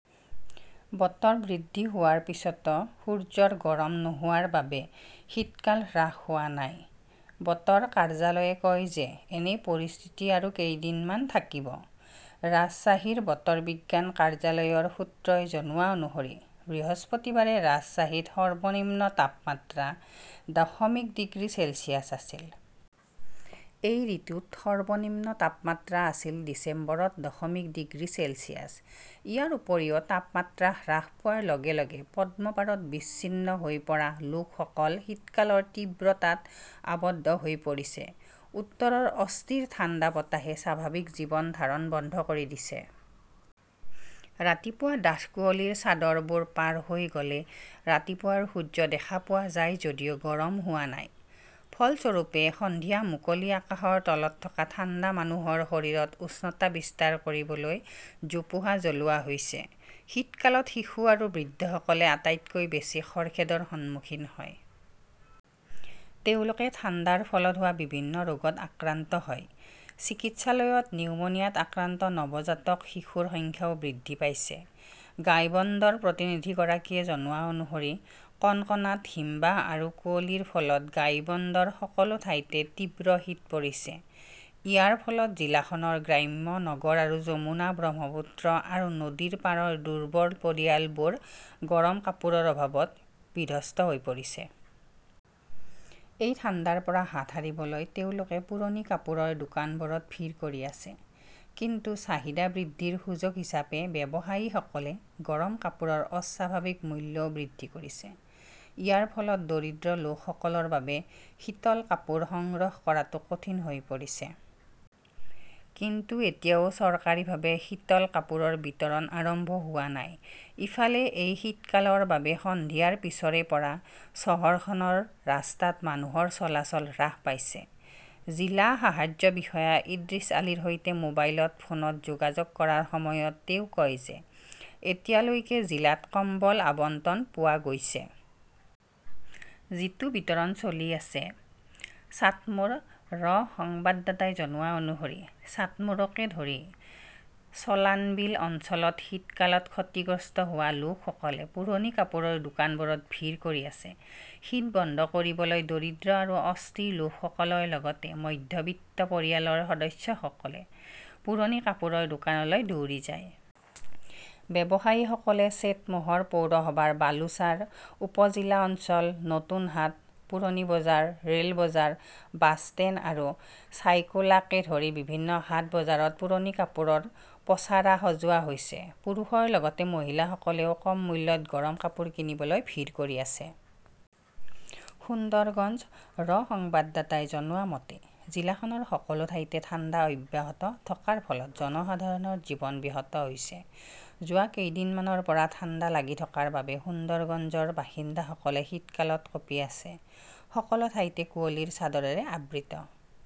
বতৰ বৃদ্ধি হোৱাৰ পিছতো, সূৰ্যৰ গৰম নোহোৱাৰ বাবে শীতকাল হ্ৰাস হোৱা নাই। বতৰ কাৰ্যালয়ে কয় যে এনে পৰিস্থিতি আৰু কেইদিনমান থাকিব। ৰাজশ্বাহীৰ বতৰ বিজ্ঞান কাৰ্যালয়ৰ সূত্ৰই জনোৱা অনুসৰি বৃহস্পতিবাৰে ৰাজশ্বাহীত সৰ্বনিম্ন তাপমাত্ৰা দশমিক ডিগ্ৰী চেলছিয়াছ আছিল। এই ঋতুত সৰ্বনিম্ন তাপমাত্ৰা আছিল ডিচেম্বৰত দশমিক ডিগ্ৰী চেলছিয়াছ। ইয়াৰ উপৰিও তাপমাত্ৰা হ্ৰাস পোৱাৰ লগে লগে পদ্মপাৰত বিচ্ছিন্ন হৈ পৰা লোকসকল শীতকালৰ তীব্ৰতাত আৱদ্ধ হৈ পৰিছে। উত্তৰৰ অস্থিৰ ঠাণ্ডা বতাহে স্বাভাৱিক জীৱন ধাৰণ বন্ধ কৰি দিছে। ৰাতিপুৱা ডাঠ কুঁৱলীৰ চাদৰবোৰ পাৰ হৈ গ "লে ৰাতিপুৱাৰ সূৰ্য দেখা পোৱা যায় যদিও গৰম হোৱা নাই। ফলস্বৰূপে, সন্ধিয়া মুকলি আকাশৰ তলত থকা ঠাণ্ডা মানুহৰ শৰীৰত উষ্ণতা বিস্তাৰ কৰিবলৈ জোপোহা জ্বলোৱা হৈছে। শীতকালত শিশু আৰু বৃদ্ধসকলে আটাইতকৈ বেছি খৰখেদৰ সন্মুখীন হয়। তেওঁলোকে ঠাণ্ডাৰ ফলত হোৱা বিভিন্ন ৰোগত আক্ৰান্ত হয়। চিকিৎসালয়ত নিউমোনিয়াত আক্ৰান্ত নৱজাতক শিশুৰ সংখ্যাও বৃদ্ধি পাইছে। গাইবন্দৰ প্ৰতিনিধিগৰাকীয়ে জনোৱা অনুসৰি কনকনাত হিমবাহ আৰু কুঁৱলীৰ ফলত গাইবন্দৰ সকলো ঠাইতে তীব্ৰ শীত পৰিছে। ইয়াৰ ফলত জিলাখনৰ গ্ৰাম্য নগৰ আৰু যমুনা, ব্ৰহ্মপুত্ৰ আৰু নদীৰ পাৰৰ দুৰ্বল পৰিয়ালবোৰ গৰম কাপোৰৰ অভাৱত বিধ্বস্ত হৈ পৰিছে। এই ঠাণ্ডাৰ পৰা হাত সাৰিবলৈ তেওঁলোকে পুৰণি কাপোৰৰ দোকানবোৰত ভিৰ কৰি আছে। কিন্তু চাহিদা বৃদ্ধিৰ সুযোগ হিচাপে ব্যৱসায়ীসকলে গৰম কাপোৰৰ অস্বাভাৱিক মূল্যও বৃদ্ধি কৰিছে। ইয়াৰ ফলত দৰিদ্ৰ লোকসকলৰ বাবে শীতল কাপোৰ সংগ্ৰহ কৰাটো কঠিন হৈ পৰিছে। কিন্তু এতিয়াও চৰকাৰীভাৱে শীতল কাপোৰৰ বিতৰণ আৰম্ভ হোৱা নাই। ইফালে, এই শীতকালৰ বাবে সন্ধিয়াৰ পিছৰে পৰা চহৰখনৰ ৰাস্তাত মানুহৰ চলাচল হ্ৰাস পাইছে। জিলা সাহায্য বিষয়া ইদ্ৰিছ আলীৰ সৈতে মোবাইল ফোনত যোগাযোগ কৰাৰ সময়ত তেওঁ কয় যে এতিয়ালৈকে জিলাত কম্বল আবণ্টন পোৱা গৈছে। যিটো বিতৰণ চলি আছে। চাটমোৰ ৰ সংবাদদাতাই জনোৱা অনুসৰি চাটমোৰকে ধৰি চলানবিল অঞ্চলত শীতকালত ক্ষতিগ্ৰস্ত হোৱা লোকসকলে পুৰণি কাপোৰৰ দোকানবোৰত ভিৰ কৰি আছে। শীত বন্ধ কৰিবলৈ দৰিদ্ৰ আৰু অস্থিৰ লোকসকলৰ লগতে মধ্যবিত্ত পৰিয়ালৰ সদস্যসকলে পুৰণি কাপোৰৰ দোকানলৈ দৌৰি যায়। ব্যৱসায়ীসকলে চেটমোহৰ পৌৰসভাৰ বালুচাৰ, উপ-জিলা অঞ্চল, নতুন হাট, পুৰণি বজাৰ, ৰে "ল বজাৰ, বাছ ষ্টেণ্ড আৰু ছাইকোলাকে ধৰি বিভিন্ন হাট বজাৰত পুৰণি কাপোৰৰ পছাৰা সজোৱা হৈছে। পুৰুষৰ লগতে মহিলাসকলেও কম মূল্যত গৰম কাপোৰ কিনিবলৈ ভিৰ কৰি আছে। সুন্দৰগঞ্জ ৰ সংবাদদাতাই জনোৱা মতে, জিলাখনৰ সকলো ঠাইতে ঠাণ্ডা অব্যাহত থকাৰ ফলত জনসাধাৰণৰ জীৱন ব্যাহত হৈছে। যোৱা কেইদিনমানৰ পৰা ঠাণ্ডা লাগি থকাৰ বাবে সুন্দৰগঞ্জৰ বাসিন্দাসকলে শীতকালত কঁপি আছে। সকলো ঠাইতে কুঁৱলীৰ চাদৰেৰে আবৃত